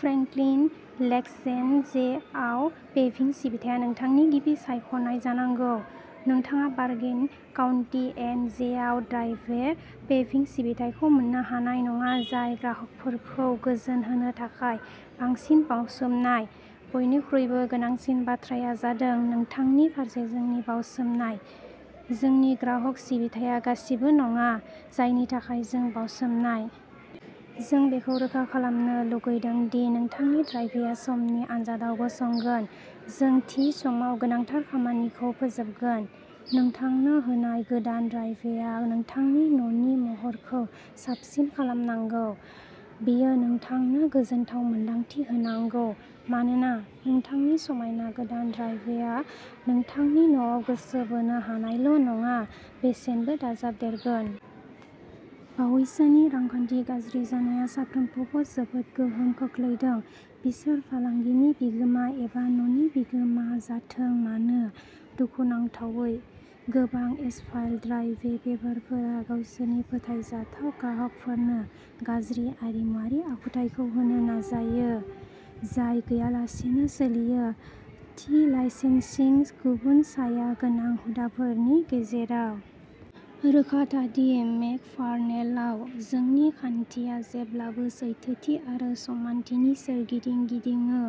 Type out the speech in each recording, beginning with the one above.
Franklin Lakes N J आव पेभिं सिबिथाया नोंथांनि गिबि सायख'नाय जानांगौ। नोंथाङा बार्गेन काउन्टि एन जे आव ड्राइभवे पेभिं सिबिथाइखौ मोननो हानाय नङा, जाय ग्राहकफोरखौ गोजोन होनो थाखाय बांसिन बावसोमनाय। बयनिख्रुइबो गोनांसिन बाथ्राया जादों नोंथांनि फारसे जोंनि बाउसोमनाय, जोंनि ग्राहक सिबिथाया गासिबो नङा, जायनि थाखाय जों बावसोमनाय। जों बेखौ रोखा खालामनो लुगैदों दि नोंथांनि ड्राइभवेआ समनि आन्जादआव गसंगोन। जों थि समाव गोनांथार खामानिखौ फोजोबगोन। नोंथांनो होनाय गोदान ड्राइभवेआ नोंथांनि न'नि महरखौ साबसिन खालामनांगौ। बेयो नोंथांनो गोजोनथाव मोन्दांथि होनांगौ मानोना नोंथांनि समायना गोदान ड्राइभवेआ नोंथांनि न'आव गोसो बोनो हानायल' नङा, बेसेनबो दाजाबदेरगोन। बावैसोनि रांखान्थि गाज्रि जानाया साफ्रोमखौबो जोबोद गोहोम खोख्लैदों, बिसोर फालांगिनि बिगोमा एबा न'नि बिगोमा जाथों मानो। दुखुनांथावै, गोबां एसफाल्ट ड्राइभवे पेभारफोरा गावसोरनि फोथायजाथाव ग्राहकफोरनो गाज्रि आरिमुआरि आखुथाइखौ होनो नाजायो, जाय गैयालासेनो सोलियो। थि लाइसेन्सिं, गुबुन साया गोनां हुदाफोरनि गेजेराव। रोखा था दि मेकफार्लेनआव, जोंनि खान्थिया जेब्लाबो सैथोथि आरो समानथिनि सोरगिदिं गिदिङो।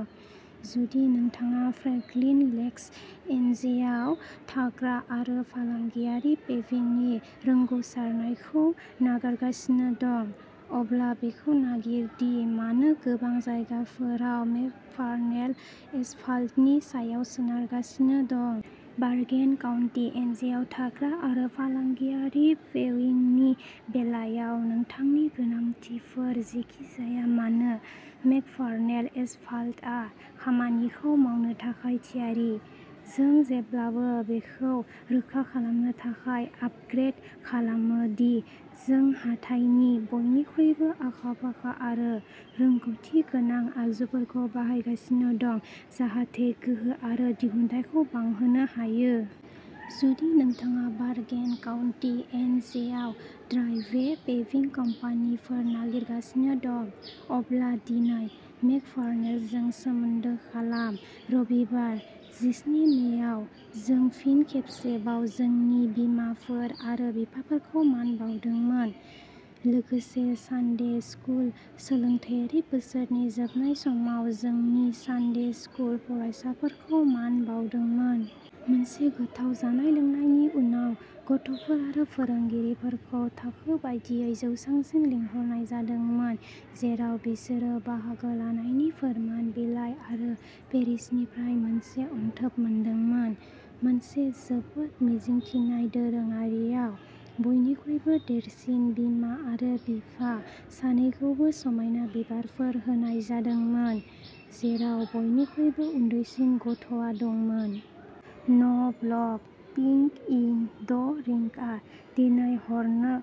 जुदि नोंथाङा फ्रेंकलिन लेक्स एनजेआव थाग्रा आरो फालांगियारि पेभिंनि रोंग'सारनायखौ नागिरगासिनो दं, अब्ला बेखौ नागिर दि मानो गोबां जायगायारिफोरा मेकफार्लेन एसफाल्टनि सायाव सोनारगासिनो दं। बार्गेन काउन्टि एनजेआव थाग्रा आरो फालांगियारि पेविंगनि बेलायाव नोंथांनि गोनांथिफोर जेखि जाया मानो, मेकफार्लेन एसफाल्टआ खामानिखौ मावनो थाखाय थियारि। जों जेब्लाबो बेखौ रोखा खालामनो थाखाय आपग्रेद खालामो दि जों हाथाइनि बयनिख्रुइबो आखा-फाखा आरो रैखाथि गोनां आगजुफोरखौ बाहायगासिनो दं जाहाथे गोहो आरो दिहुनथायखौ बांहोनो हायो। जुदि नोंथाङा बार्गेन काउन्टि एन जे आव ड्राइभवे पेभिं कम्पानिफोर नागिरगासिनो दं अब्ला दिनै मेकफार्लेनजों सोमोन्दो खालाम रबिबार, जिस्नि मेआव, जों फिन खेबसेबाव जोंनि बिमाफोर आरो बिफाफोरखौ मान बावदोंमोन, लोगोसे सानडे स्कुल सोलोंथायारि बोसोरनि जोबनाय समाव जोंनि सानडे स्कुल फरायसाफोरखौ मान बावदोंमोन। मोनसे गोथाव जानाय लोंनायनि उनाव, गथ'फोर आरो फोरोंगिरिफोरखौ थाखो बायदियै जौसांसिम लिंहरनाय जादोंमोन जेराव बिसोरो बाहागो लानायनि फोरमान बिलाइ आरो पेरिशनिफ्राय मोनसे अनथोब मोनदोंमोन। मोनसे जोबोद मिजिंथिनाय दोरोङारियाव, बयनिख्रुइबो देरसिन बिमा आरो बिमा सानैखौबो समायना बिबारफोर होनाय जादोंमोन, जेराव बयनिख्रुइबो उन्दैसिन गथ'आ दंमोन। न' ब्लग पिंक इन द रिंकआ दिनै हर नों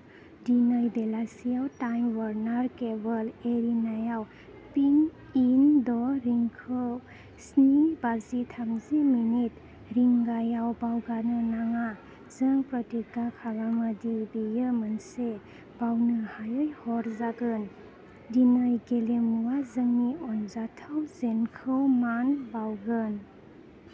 दिनै बेलासियाव टाइम वार्नार केबल एरिनाआव पिंक इन द रिंकखौ स्नि बाजि थामजि मिनिट रिंगायाव बावगारनो नाङा जों प्रतिज्ञा खालामो दि बेयो मोनसे बावनो हायै हर जागोन। दिनैनि गेलेमुआ जोंनि अनजाथाव जेनखौ मान बावगोन।